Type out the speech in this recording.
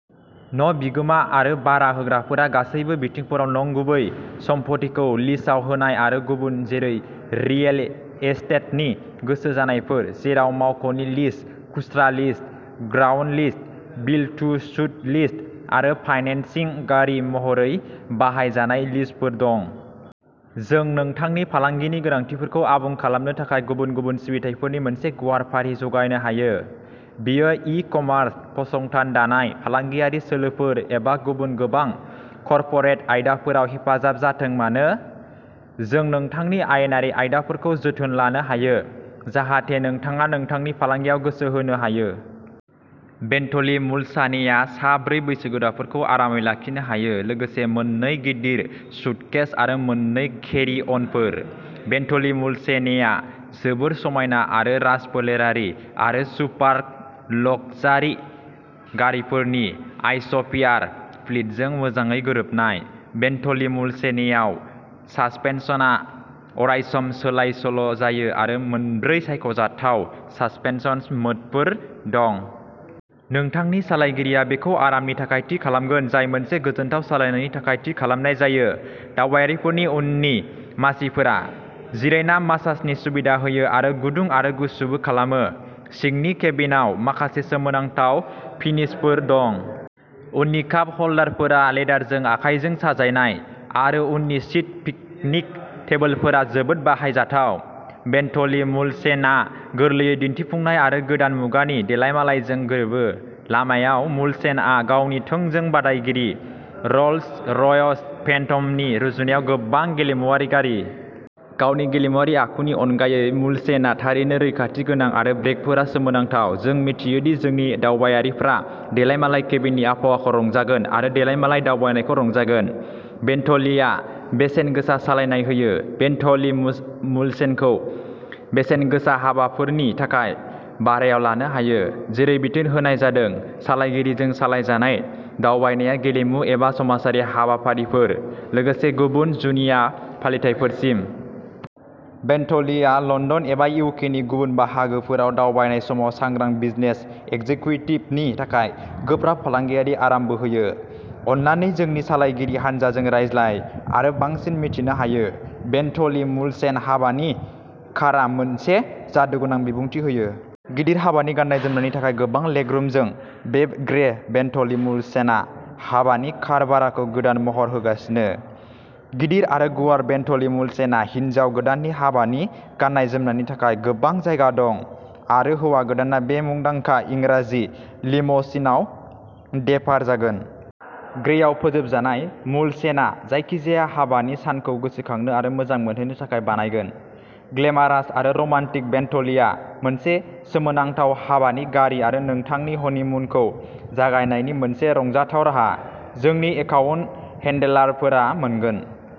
न' बिगोमा आरो भारा होग्राफोरा गासैबो बिथिंफोराव नंगुबै सम्फथिखौ लिजआव होनाय आरो गुबुन जेरै रियेल एस्टेटनि गोसो जानायफोर, जेराव मावख'नि लिज, खुस्रा lease, ground lease, build to suit lease आरो फाइनेन्सिं गारि महरै बाहाय जानाय लिजफोर दं। जों नोंथांनि फालांगिनि गोनांथिफोरखौ आबुं खालामनो थाखाय गुबुन गुबुन सिबिथाइफोरनि मोनसे गुवार फारि जगायनो हायो। बेयो इ-कमार्स, फसंथान दानाय, फालांगियारि सोलोफोर, एबा गुबुन गोबां कर्परेट आयदाफोराव हेफाजाब जाथों मानो, जों नोंथांनि आयेनारि आयदाफोरखौ जोथोन लानो हायो जाहाथे नोंथाङा नोंथांनि फालांगियाव गोसो होनो हायो। बेन्टलि मुलसानेआ सा ब्रै बैसोगोराफोरखौ आरामै लाखिनो हायो लोगोसे मोन नै गिदिर सुटकेस आरो मोन नै केरि-अनफोर। बेन्टलि मुलसेनेआ जोबोद समायना आरो राजफोलेरारि आरो सुपार-लक्जारि गारिफोरनि आइच'फियार फ्लीटजों मोजाङै गोरोबनाय। बेन्टलि मुलसेनेआव सासपेनसनआ अरायसम सोलायसोल' जायो आरो मोनब्रै सायख'जाथाव सासपेनसन मोडफोर दं। नोंथांनि सालायगिरिया बेखौ आरामनि थाखाय थि खालामगोन, जाय मोनसे गोजोनथाव सालायनायनि थाखाय थि खालामनाय जायो। दावबायारिफोरनि उननि मासिफोरा। जिरायना मसाजनि सुबिदा होयो आरो गुदुं आरो गुसुबो खालामो। सिंनि केबिनआव माखासे सोमोनांथाव फिनिशफोर दं। उननि काप ह'ल्डारफोरा लेदारजों आखायजों साजायनाय आरो उननि सिट पिकनिक टेबोलफोरा जोबोद बाहायजाथाव। बेन्टलि मुलसेनआ गोरलैयै दिन्थिफुंनाय आरो गोदान मुगानि देलायमालायजों गोरोबो। लामायाव, मुलसेनआ गावनि थोंजों बादायगिरि, र'ल्स-र'यस फेन्टमनि रुजुनायाव गोबां गेलेमुआरि गारि। गावनि गेलेमुआरि आखुनि अनगायै मुलसेनआ थारैनो रैखाथि गोनां आरो ब्रेकफोरा सोमोनांथाव। जों मिथियो दि जोंनि दावबायारिफ्रा देलायमालाय केबिननि आबहावाखौ रंजागोन आरो देलायमालाय दावबायनायखौ रंजागोन। बेन्टलिआ बेसेन गोसा सालायनाय होयो। बेन्टलि मुलसेनखौ बेसेन गोसा हाबाफोरनि थाखाय भारायाव लानो हायो, जेरै बिथोन होनाय जादों सालायगिरिजों सालायजानाय दावबायनाया गेलेमु एबा समाजारि हाबाफारिफोर, लोगोसे गुबुन जुनिया फालिथायफोरसिम। बेन्टलिआ लन्दन एबा इउकेनि गुबुन बाहागोफोराव दावबायनाय समाव सांग्रां बिजनेस एक्जिक्युटिभनि थाखाय गोब्राब फालांगियारि आरामबो होयो। अन्नानै जोंनि सालायगिरि हानजाजों रायज्लाय आरो बांसिन मिथिनो हायो। बेन्टलि मुलसेन हाबानि कारआ मोनसे जादुगोनां बिबुंथि होयो। गिदिर हाबानि गाननाय-जोमनायनि थाखाय गोबां लेगरुमजों, बे ग्रे बेन्टलि मुलसेनआ हाबानि कार भाराखौ गोदान महर होगासिनो। गिदिर आरो गुवार बेन्टलि मुलसेनआव हिन्जाव गोदाननि हाबानि गाननाय-जोमनायनि थाखाय गोबां जायगा दं आरो हौवा गोदानआ बे मुंदांखा इंराजि लिम'सिनआव देपार जागोन। ग्रेआव फोजोबजानाय, मुलसेनआ जायखिजाया हाबानि सानखौ गोसोखांनो आरो मोजां मोनहोनो थाखाय बानायगोन। ग्लेमारास आरो रमान्टिक बेन्टलिआ मोनसे सोमोनांथाव हाबानि गारि आरो नोंथांनि हनिमुनखौ जागायनायनि मोनसे रंजाथाव राहा। जोंनि एकाउन्ट हेन्डलारफोरा मोनगोन।